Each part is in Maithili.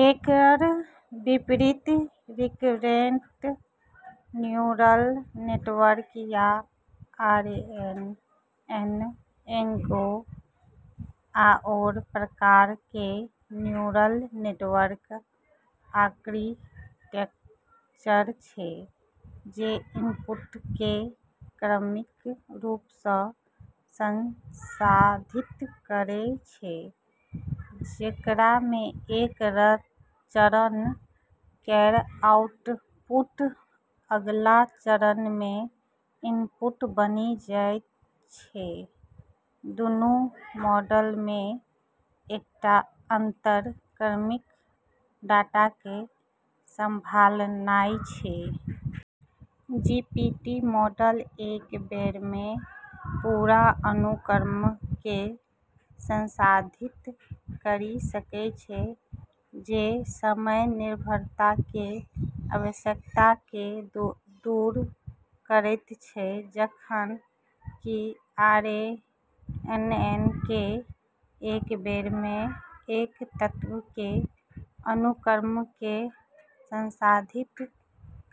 एकर विपरीत, रिकरेंट न्यूरल नेटवर्क या आरएनएन एगो आओर प्रकारके न्यूरल नेटवर्क आर्किटेक्चर छै जे इनपुटके क्रमिक रूपसँ संसाधित करै छै, जेकरामे एक चरण केर आउटपुट अगला चरणमे इनपुट बनि जाइत छै। दुन्नू मॉडलमे एकटा अंतर क्रमिक डाटाके संभालनाइ छै। जीपीटी मॉडल एक बेरमे पूरा अनुक्रमके संसाधित करि सकै छै, जे समय निर्भरताके आवश्यकताके दूर करैत छै, जखन कि आरएनएनके एक बेरमे एक तत्वके अनुक्रमके संसाधित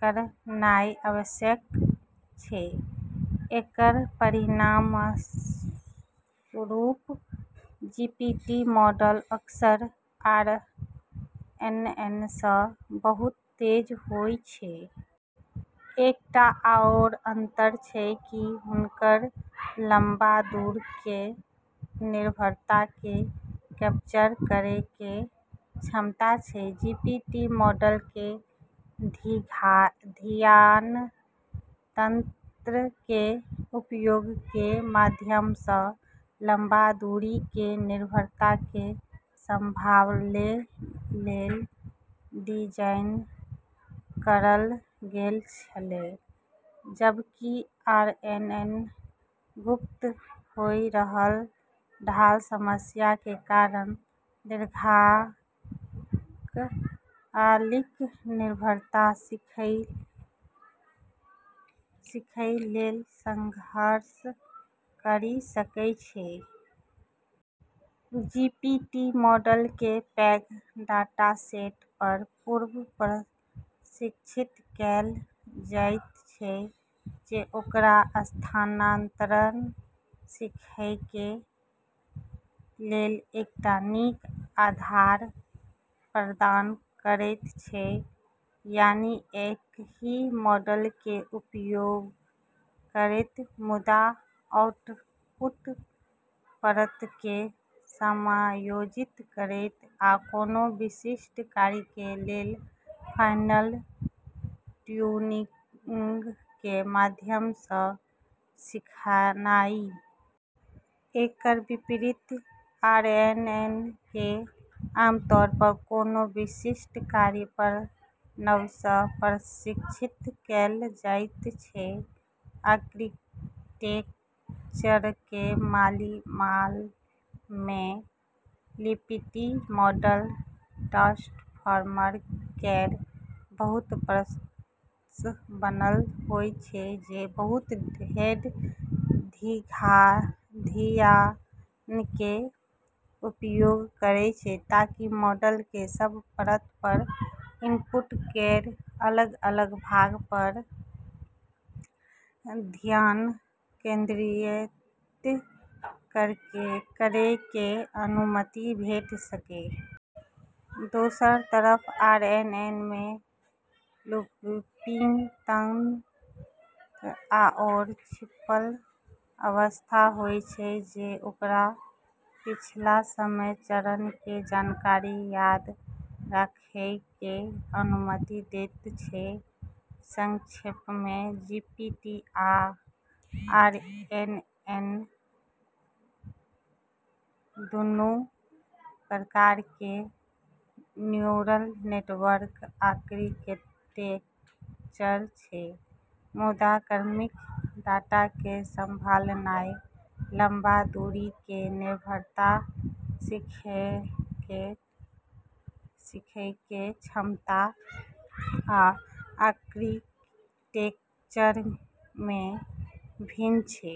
करनाइ आवश्यक छै। एकर परिणामस्वरूप जीपीटी मॉडल अक्सर आरएनएनसँ बहुत तेज होइ छै। एकटा आओर अंतर छै कि हुनकर लम्बा दूरीके निर्भरताके कैप्चर करैके क्षमता छै। जीपीटी मॉडलके धियान तंत्रके उपयोगके माध्यमसँ लम्बा दूरीके निर्भरताके संभालै लेल डिजाइन करल गेल छलै, जबकि आरएनएन लुप्त होइ रहल ढाल समस्याके कारण दीर्घकालिक निर्भरता सिखै लेल संघर्ष करि सकै छै। जीपीटी मॉडलके पैघ डाटासेट पर पूर्व प्रशिक्षित कैल जाइत छै, जे ओकरा स्थानांतरण सिखैके लेल एकटा नीक आधार प्रदान करैत छै, यानि, एकहि मॉडलके उपयोग करैत मुदा आउटपुट परतके समायोजित करैत आ कोनो विशिष्ट कार्यके लेल फाइन-ट्यूनिंगके माध्यमसँ सिखनाइ। एकर विपरीत आरएनएनके आमतौर पर कोनो विशिष्ट कार्य पर नबसँ प्रशिक्षित कैल जाइत छै। आर्किटेक्चरके मामिलामे जीपीटी मॉडल ट्रांसफार्मर केर बहुत परतसँ बनल होइ छै जे बहु-हेड धियानके उपयोग करै छै ताकि मॉडलके सब परत पर इनपुट केर अलग-अलग भाग पर धियान केंद्रित करैके अनुमति भेट सकै। दोसर तरफ आरएनएनमे लूपिंग तंत्र आओर छिपल अवस्था होइ छै जे ओकरा पिछला समय चरणके जानकारी याद राखैके अनुमति दैत छै। संक्षेपमे, जीपीटी आ आरएनएन दुन्नू प्रकारके न्यूरल नेटवर्क आर्किटेक्चर छै मुदा क्रमिक डाटाके संभालनाइ, लम्बा दूरीके निर्भरता सिखैके क्षमता, आ आर्किटेक्चरमे भिन्न छै।